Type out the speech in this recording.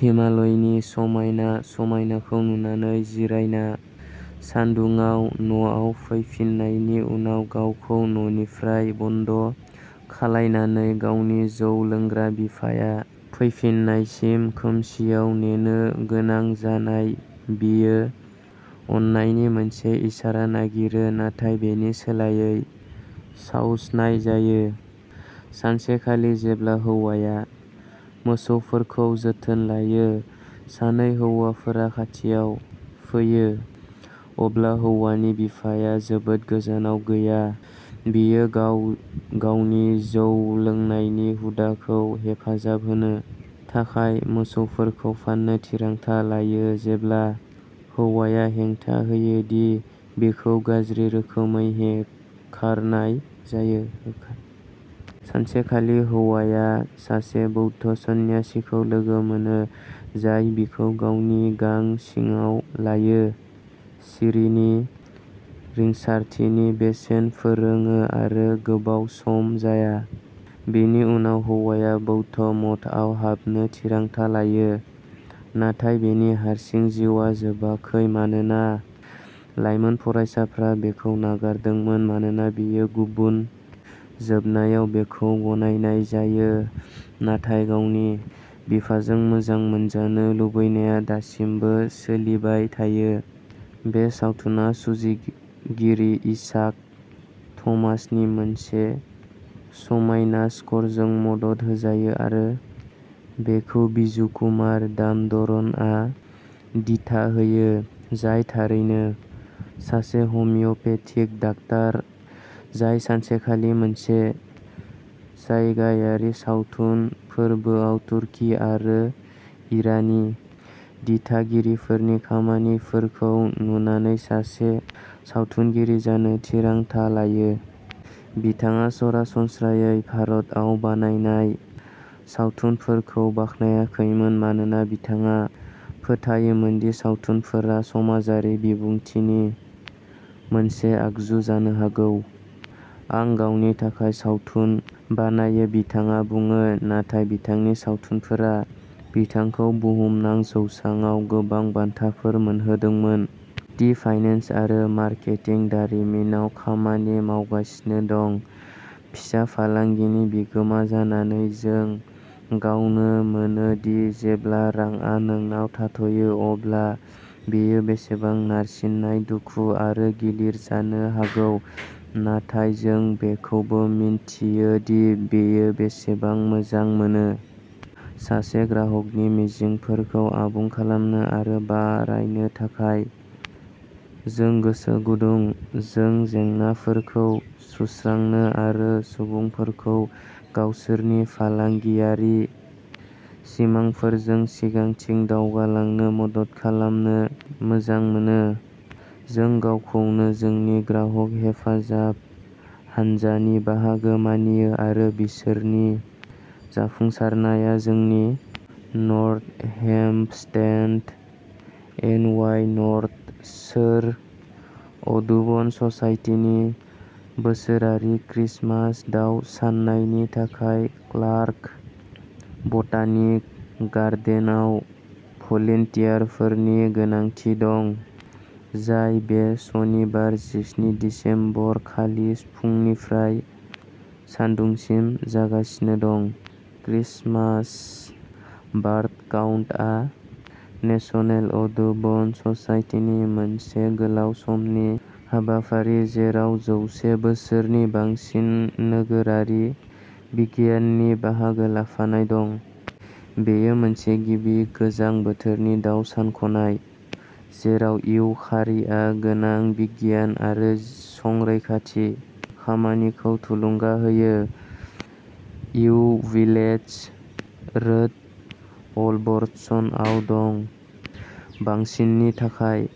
हिमालयनि समायना समायनाखौ नुनानै जिरायना, सान्दुङाव न'आव फैफिन्नायनि उनाव गावखौ न'निफ्राय बन्द' खालामनानै, गावनि जौ लोंग्रा बिफाया फैफिन्नायसिम खोमसिआव नेनो गोनां जानाय, बियो अननायनि मोनसे इसारा नागिरो, नाथाय बेनि सोलायै सावस'नाय जायो। सानसेखालि जेब्ला हौवाया मोसौफोरखौ जोथोन लायो, सानै हौवाफोरा खाथियाव फैयो, अब्ला हौवानि बिफाया जोबोद गोजानाव गैया, बियो गावनि जौ लोंनायनि हुदाखौ हेफाजाब होनो थाखाय मोसौफोरखौ फान्नो थिरांथा लायो, जेब्ला हौवाया हेंथा होयो दि बिखौ गाज्रि रोखोमै होखारनाय जायो। सानसेखालि हौवाया सासे बौद्ध सन्यासिखौ लोगो मोनो, जाय बिखौ गावनि गां सिङाव लायो, सिरिनि रिंसारथिनि बेसेन फोरोङो आरो गोबाव सम जाया, बिनि उनाव हौवाया बौद्ध मठआव हाबनो थिरांथा लायो। नाथाय बिनि हारसिं जिउआ जोबाखै मानोना लाइमोन फरायसाफ्रा बिखौ नागारदोंमोन मानोना बियो गुबुन। जोबनायाव, बिखौ गनायनाय जायो, नाथाय गावनि बिफाजों मोजां मोनजानो लुबैनाया दासिमबो सोलिबाय थायो। बे सावथुना सुजुगिरि इसाक थमासनि मोनसे समायना स्करजों मदद होजायो आरो बेखौ बिजुकुमार दाम'दरनआ दिथा होयो, जाय थारैनो सासे हमिय'पेथिक डाक्टार, जाय सानसेखालि मोनसे जायगायारि सावथुन फोरबोआव तुर्की आरो इरानी दिथागिरिफोरनि खामानिफोरखौ नुनानै सासे सावथुनगिरि जानो थिरांथा लायो। बिथाङा सरासनस्रायै भारतआव बानायनाय सावथुनफोरखौ बाख्नायाखैमोन मानोना बिथाङा फोथायोमोन दि सावथुनफोरा समाजारि बिबुंथिनि मोनसे आगजु जानो हागौ। आं गावनि थाखाय सावथुन बानायो बिथाङा बुङो नाथाय बिथांनि सावथुनफोरा बिथांखौ बुहुमनां जौसाङाव गोबां बान्थाफोर मोनहोदोंमोन। टी फाइनेन्स आरो मार्केटिं दारिमिनाव खामानि मावगासिनो दं। फिसा फालांगिनि बिगोमा जानानै जों गावनो मोनो दि जेब्ला रांआ नोंनाव थाथ'यो अब्ला बेयो बेसेबां नारसिननाय, दुखु आरो गिलिर जानो हागौ, नाथाय जों बेखौबो मिन्थियो दि बेयो बेसेबां मोजां मोनो। सासे ग्राहकनि मिजिंफोरखौ आबुं खालामनो आरो बारायनो थाखाय। जों गोसो गुदुं, जों जेंनाफोरखौ सुस्रांनो आरो सुबुंफोरखौ गावसोरनि फालांगियारि सिमांफोरजों सिगांथिं दावगालांनो मदद खालामनो मोजां मोनो। जों गावखौनो जोंनि ग्राहक हेफाजाब हानजानि बाहागो मानियो आरो बिसोरनि जाफुंसारनाया जोंनि। North Hempstead, N Y North Shore Audubon ससाइटिनि बोसोरारि क्रिसमास दाव साननायनि थाखाय क्लार्क बटानिक गार्डेनआव भलन्टियारफोरनि गोनांथि दं, जाय बे सनिबार, जिस्नि दिसेम्बर खालि फुंनिफ्राय सान्दुंसिम जागासिनो दं। क्रिसमास बार्ड काउन्ट आ नेसनेल अडुबन ससाइटिनि मोनसे गोलाव समनि हाबाफारि, जेराव जौसे बोसोरनि बांसिन नोगोरारि बिगियाननि बाहागो लाफानाय दं। बेयो मोनसे गिबि गोजां बोथोरनि दाव सानख'नाय, जेराव इउ खारिआ गोनां बिगियान आरो संरैखाथि खामानिखौ थुलुंगा होयो। इउ विलेट्स रोड, अल्बर्टसनआव दं। बांसिननि थाखाय